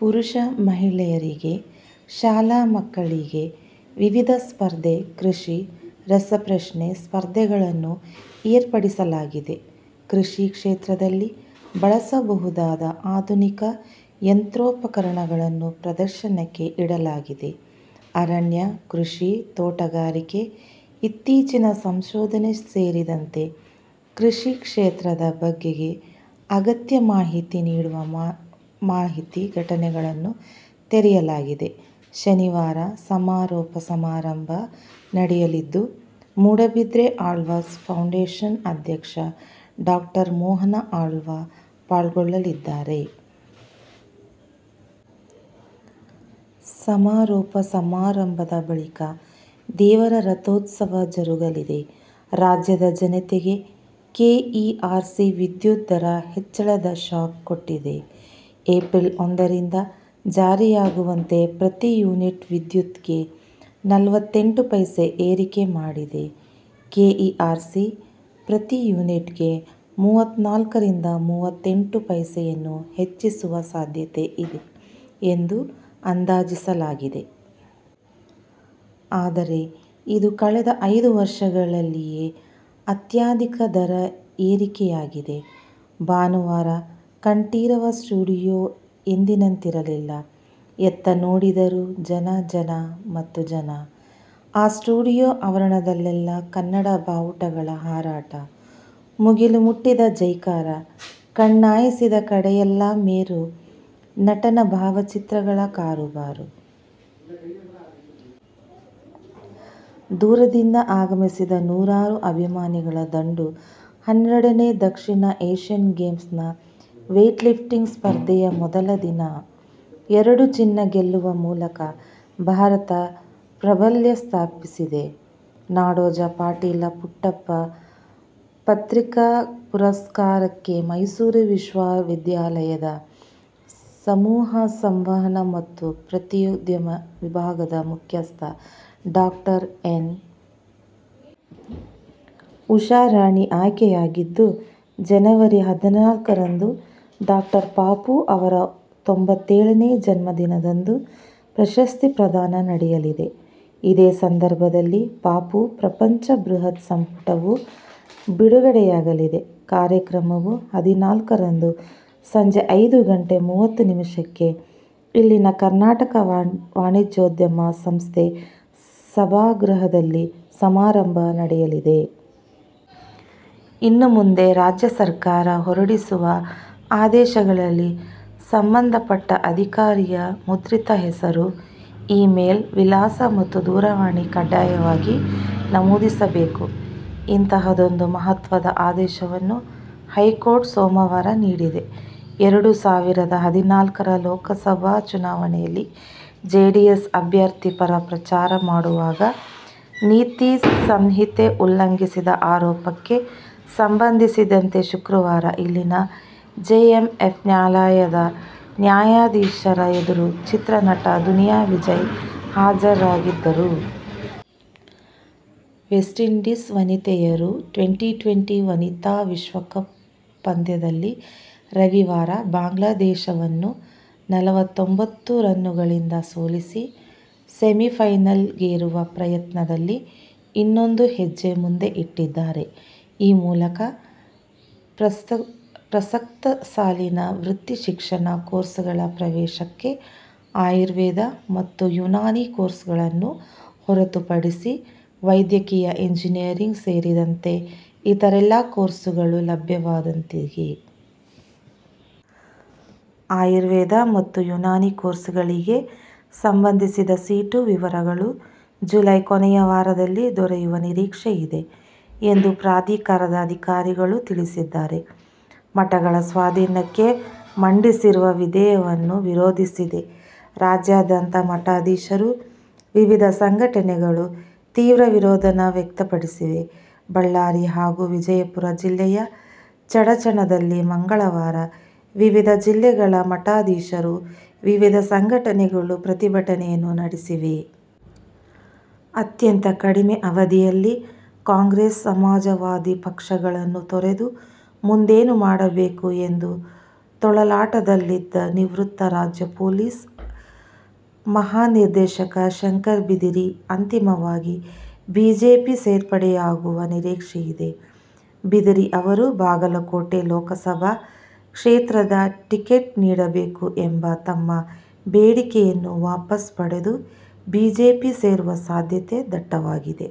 ಪುರುಷ, ಮಹಿಳೆಯರಿಗೆ, ಶಾಲಾ ಮಕ್ಕಳಿಗೆ ವಿವಿಧ ಸ್ಪರ್ಧೆ, ಕೃಷಿ ರಸಪ್ರಶ್ನೆ ಸ್ಪರ್ಧೆಗಳನ್ನು ಏರ್ಪಡಿಸಲಾಗಿದೆ. ಕೃಷಿ ಕ್ಷೇತ್ರದಲ್ಲಿ ಬಳಸಬಹುದಾದ ಆಧುನಿಕ ಯಂತ್ರೋಪಕರಣಗಳನ್ನು ಪ್ರದರ್ಶನಕ್ಕೆ ಇಡಲಾಗಿದೆ. ಅರಣ್ಯ, ಕೃಷಿ, ತೋಟಗಾರಿಕೆ, ಇತ್ತೀಚಿನ ಸಂಶೋಧನೆ ಸೇರಿದಂತೆ ಕೃಷಿ ಕ್ಷೇತ್ರದ ಬಗೆಗೆ ಅಗತ್ಯ ಮಾಹಿತಿ ನೀಡುವ ಮಾಹಿತಿ ಘಟಕಗಳನ್ನು ತೆರೆಯಲಾಗಿದೆ. ಶನಿವಾರ ಸಮಾರೋಪ ಸಮಾರಂಭ ನಡೆಯಲಿದ್ದು, ಮೂಡಬಿದ್ರೆ ಆಳ್ವಾಸ್ ಫೌಂಡೇಶನ್ ಅಧ್ಯಕ್ಷ ಡಾ ಮೋಹನ ಆಳ್ವಾ ಪಾಲ್ಗೊಳ್ಳಲಿದ್ದಾರೆ. ಸಮಾರೋಪ ಸಮಾರಂಭದ ಬಳಿಕ ದೇವರ ರಥೋತ್ಸವ ಜರುಗಲಿದೆ. ರಾಜ್ಯದ ಜನತೆಗೆ ಕೆ ಇ ಆರ್ ಸಿ ವಿದ್ಯುತ್ ದರ ಹೆಚ್ಚಳದ ಶಾಕ್ ಕೊಟ್ಟಿದೆ. ಏಪ್ರಿಲ್ ಒಂದರಿಂದ ಜಾರಿಯಾಗುವಂತೆ ಪ್ರತಿ ಯೂನಿಟ್ ವಿದ್ಯುತ್ ಗೆ ನಲವತ್ತೆಂಟು ಪೈಸೆ ಏರಿಕೆ ಮಾಡಿದೆ. ಕೆ ಇ ಆರ್ ಸಿ ಪ್ರತಿ ಯೂನಿಟ್ ಗೆ ಮೂವತ್ನಾಲ್ಕರಿಂದ ಮೂವತ್ತೆಂಟು ಪೈಸೆಯಷ್ಟು ಹೆಚ್ಚಿಸುವ ಸಾಧ್ಯತೆ ಇದೆ ಎಂದು ಅಂದಾಜಿಸಲಾಗಿತ್ತು. ಆದರೆ ಇದು ಕಳೆದ ಐದು ವರ್ಷಗಳಲ್ಲಿಯೇ ಅತ್ಯಧಿಕ ದರ ಏರಿಕೆಯಾಗಿದೆ. ಭಾನುವಾರ ಕಂಠೀರವ ಸ್ಟುಡಿಯೋ ಎಂದಿನಂತಿರಲಿಲ್ಲ. ಎತ್ತ ನೋಡಿದರೂ ಜನ ಜನ ಮತ್ತು ಜನ. ಆ ಸ್ಟುಡಿಯೋ ಆವರಣದಲ್ಲೆಲ್ಲಾ ಕನ್ನಡ ಬಾವುಟಗಳ ಹಾರಾಟ, ಮುಗಿಲು ಮುಟ್ಟಿದ ಜೈಕಾರ, ಕಣ್ಣಾಯಿಸಿದ ಕಡೆಯೆಲ್ಲಾ ಮೇರು ನಟನ ಭಾವಚಿತ್ರಗಳ ಕಾರುಬಾರು. ದೂರದಿಂದ ಆಗಮಿಸಿದ್ದ ನೂರಾರು ಅಭಿಮಾನಿಗಳ ದಂಡು. ಹನ್ನೆರಡನೇ ದಕ್ಷಿಣ ಏಶ್ಯನ್ ಗೇಮ್ಸ್ ನ ವೇಟ್ಲಿಫ್ಟಿಂಗ್ ಸ್ಪರ್ಧೆಯ ಮೊದಲ ದಿನ ಎರಡು ಚಿನ್ನ ಗೆಲ್ಲುವ ಮೂಲಕ ಭಾರತ ಪ್ರಾಬಲ್ಯ ಸ್ಥಾಪಿಸಿದೆ. ನಾಡೋಜ ಪಾಟೀಲ ಪುಟ್ಟಪ್ಪ ಪತ್ರಿಕಾ ಪುರಸ್ಕಾರಕ್ಕೆ ಮೈಸೂರು ವಿಶ್ವವಿದ್ಯಾಲಯದ ಸಮೂಹ ಸಂವಹನ ಮತ್ತು ಪತ್ರಿಕೋದ್ಯಮ ವಿಭಾಗದ ಮುಖ್ಯಸ್ಥೆ ಡಾ ಎನ್. ಉಷಾರಾಣಿ ಆಯ್ಕೆಯಾಗಿದ್ದು, ಜನವರಿ ಹದಿನಾಲ್ಕರಂದು ಡಾಕ್ಟರ್ ಪಾಪು ಅವರ ತೊಂಬತ್ತೇಳನೇ ಜನ್ಮದಿನದಂದು ಪ್ರಶಸ್ತಿ ಪ್ರದಾನ ನಡೆಯಲಿದೆ. ಇದೇ ಸಂದರ್ಭದಲ್ಲಿ ಪಾಪು ಪ್ರಪಂಚ' ಬೃಹತ್ ಸಂಪುಟವೂ ಬಿಡುಗಡೆಯಾಗಲಿದೆ. ಕಾರ್ಯಕ್ರಮವು ಹದಿನಾಲ್ಕರಂದು ಸಂಜೆ ಐದು ಗಂಟೆ ಮೂವತ್ತು ನಿಮಿಷಕ್ಕೆ ಇಲ್ಲಿನ ಕರ್ನಾಟಕ ವಾಣಿಜ್ಯೋದ್ಯಮ ಸಂಸ್ಥೆ ಸಭಾಗೃಹದಲ್ಲಿ ಸಮಾರಂಭ ನಡೆಯಲಿದೆ. "ಇನ್ನು ಮುಂದೆ ರಾಜ್ಯ ಸರ್ಕಾರ ಹೊರಡಿಸುವ ಆದೇಶಗಳಲ್ಲಿ ಸಂಬಂಧಪಟ್ಟ ಅಧಿಕಾರಿಯ ಮುದ್ರಿತ ಹೆಸರು, ಇ-ಮೇಲ್ ವಿಳಾಸ ಮತ್ತು ದೂರವಾಣಿ ಕಡ್ಡಾಯವಾಗಿ ನಮೂದಿಸಬೇಕು" ಇಂತಹದೊಂದು ಮಹತ್ವದ ಆದೇಶವನ್ನು ಹೈಕೋರ್ಟ್ ಸೋಮವಾರ ನೀಡಿದೆ. ಎರಡು ಸಾವಿರದ ಹದಿನಾಲ್ಕರ ಲೋಕಸಭಾ ಚುನಾವಣೆಯಲ್ಲಿ ಜೆಡಿಎಸ್ ಅಭ್ಯರ್ಥಿ ಪರ ಪ್ರಚಾರ ಮಾಡುವಾಗ ನೀತಿ ಸಂಹಿತೆ ಉಲ್ಲಂ ಸಿದ ಆರೋಪಕ್ಕೆ ಸಂಬಂಧಿಸಿದಂತೆ ಶುಕ್ರವಾರ ಇಲ್ಲಿನ ಜೆಎಂಎಫ್ಸಿ ನ್ಯಾಯಾಲಯದ ನ್ಯಾಯಾಧೀಶರ ಎದುರು ಚಿತ್ರ ನಟ ದುನಿಯಾ ವಿಜಯ್ ಹಾಜರಾಗಿದ್ದರು. ವೆಸ್ಟ್ಇಂಡೀಸ್ ವನಿತೆಯರು ಟ್ವೆಂಟಿ-ಟ್ವೆಂಟಿ ವನಿತಾ ವಿಶ್ವಕಪ್ ಪಂದ್ಯದಲ್ಲಿ ರವಿವಾರ ಬಾಂಗ್ಲಾದೇಶವನ್ನು ನಲವತ್ತೊಂಬತ್ತು ರನ್ನುಗಳಿಂದ ಸೋಲಿಸಿ ಸೆಮಿಫೈನಲ್ಲಿಗೇರುವ ಪ್ರಯತ್ನದಲ್ಲಿ ಇನ್ನೊಂದು ಹೆಜ್ಜೆ ಮುಂದೆ ಇಟ್ಟಿದ್ದಾರೆ. ಈ ಮೂಲಕ ಪ್ರಸಕ್ತ ಸಾಲಿನ ವೃತ್ತಿ ಶಿಕ್ಷಣ ಕೋರ್ಸುಗಳ ಪ್ರವೇಶಕ್ಕೆ ಆಯುರ್ವೇದ ಮತ್ತು ಯುನಾನಿ ಕೋರ್ಸುಗಳನ್ನು ಹೊರತುಪಡಿಸಿ ವೈದ್ಯಕೀಯ, ಇಂಜಿನಿಯರಿಂಗ್ ಸೇರಿದಂತೆ ಇತರೆಲ್ಲಾ ಕೋರ್ಸುಗಳು ಲಭ್ಯವಾದಂತಾಗಿದೆ. ಆಯುರ್ವೇದ ಮತ್ತು ಯುನಾನಿ ಕೋರ್ಸುಗಳಿಗೆ ಸಂಬಂಧಿಸಿದ ಸೀಟು ವಿವರಗಳು ಜುಲೈ ಕೊನೆಯ ವಾರದಲ್ಲಿ ದೊರೆಯುವ ನಿರೀಕ್ಷೆ ಇದೆ ಎಂದು ಪ್ರಾಧಿಕಾರದ ಅಧಿಕಾರಿಗಳು ತಿಳಿಸಿದ್ದಾರೆ. ಮಠಗಳ ಸ್ವಾಧೀನಕ್ಕೆ ಮಂಡಿಸಿರುವ ವಿಧೇಯಕವನ್ನು ವಿರೋಧಿಸಿ ರಾಜ್ಯಾದ್ಯಂತ ಮಠಾ ಧೀಶರು, ವಿವಿಧ ಸಂಘಟನೆಗಳು ತೀವ್ರ ವಿರೋಧ ವ್ಯಕ್ತಪಡಿಸಿವೆ. ಬಳ್ಳಾರಿ ಹಾಗೂ ವಿಜಯಪುರ ಜಿಲ್ಲೆಯ ಚಡಚಣದಲ್ಲಿ ಮಂಗಳವಾರ ವಿವಿಧ ಜಿಲ್ಲೆಗಳ ಮಠಾಧೀಶರು, ವಿವಿಧ ಸಂಘಟನೆಗಳು ಪ್ರತಿಭಟನೆಯನ್ನು ನಡೆಸಿವೆ. ಅತ್ಯಂತ ಕಡಮೆ ಅವಧಿಯಲ್ಲಿ ಕಾಂಗ್ರೆಸ್, ಸಮಾಜವಾದಿ ಪಕ್ಷಗಳನ್ನು ತೊರೆದು ಮುಂದೇನು ಮಾಡಬೇಕು ಎಂಬ ತೊಳಲಾಟದಲ್ಲಿದ್ದ ನಿವೃತ್ತ ರಾಜ್ಯ ಪೊಲೀಸ್ ಮಹಾನಿರ್ದೇಶಕ ಶಂಕರ್ ಬಿದರಿ ಅಂತಿಮವಾಗಿ ಬಿಜೆಪಿ ಸೇರ್ಪಡೆಯಾಗುವ ನಿರೀಕ್ಷೆಯಿದೆ. ಬಿದರಿ ಅವರು ಬಾಗಲಕೋಟೆ ಲೋಕಸಭಾ ಕ್ಷೇತ್ರದ ಟಿಕೆಟ್ ನೀಡಬೇಕು ಎಂಬ ತಮ್ಮ ಬೇಡಿಕೆಯನ್ನು ವಾಪಸ್ ಪಡೆದು ಬಿಜೆಪಿ ಸೇರುವ ಸಾಧ್ಯತೆ ದಟ್ಟವಾಗಿದೆ.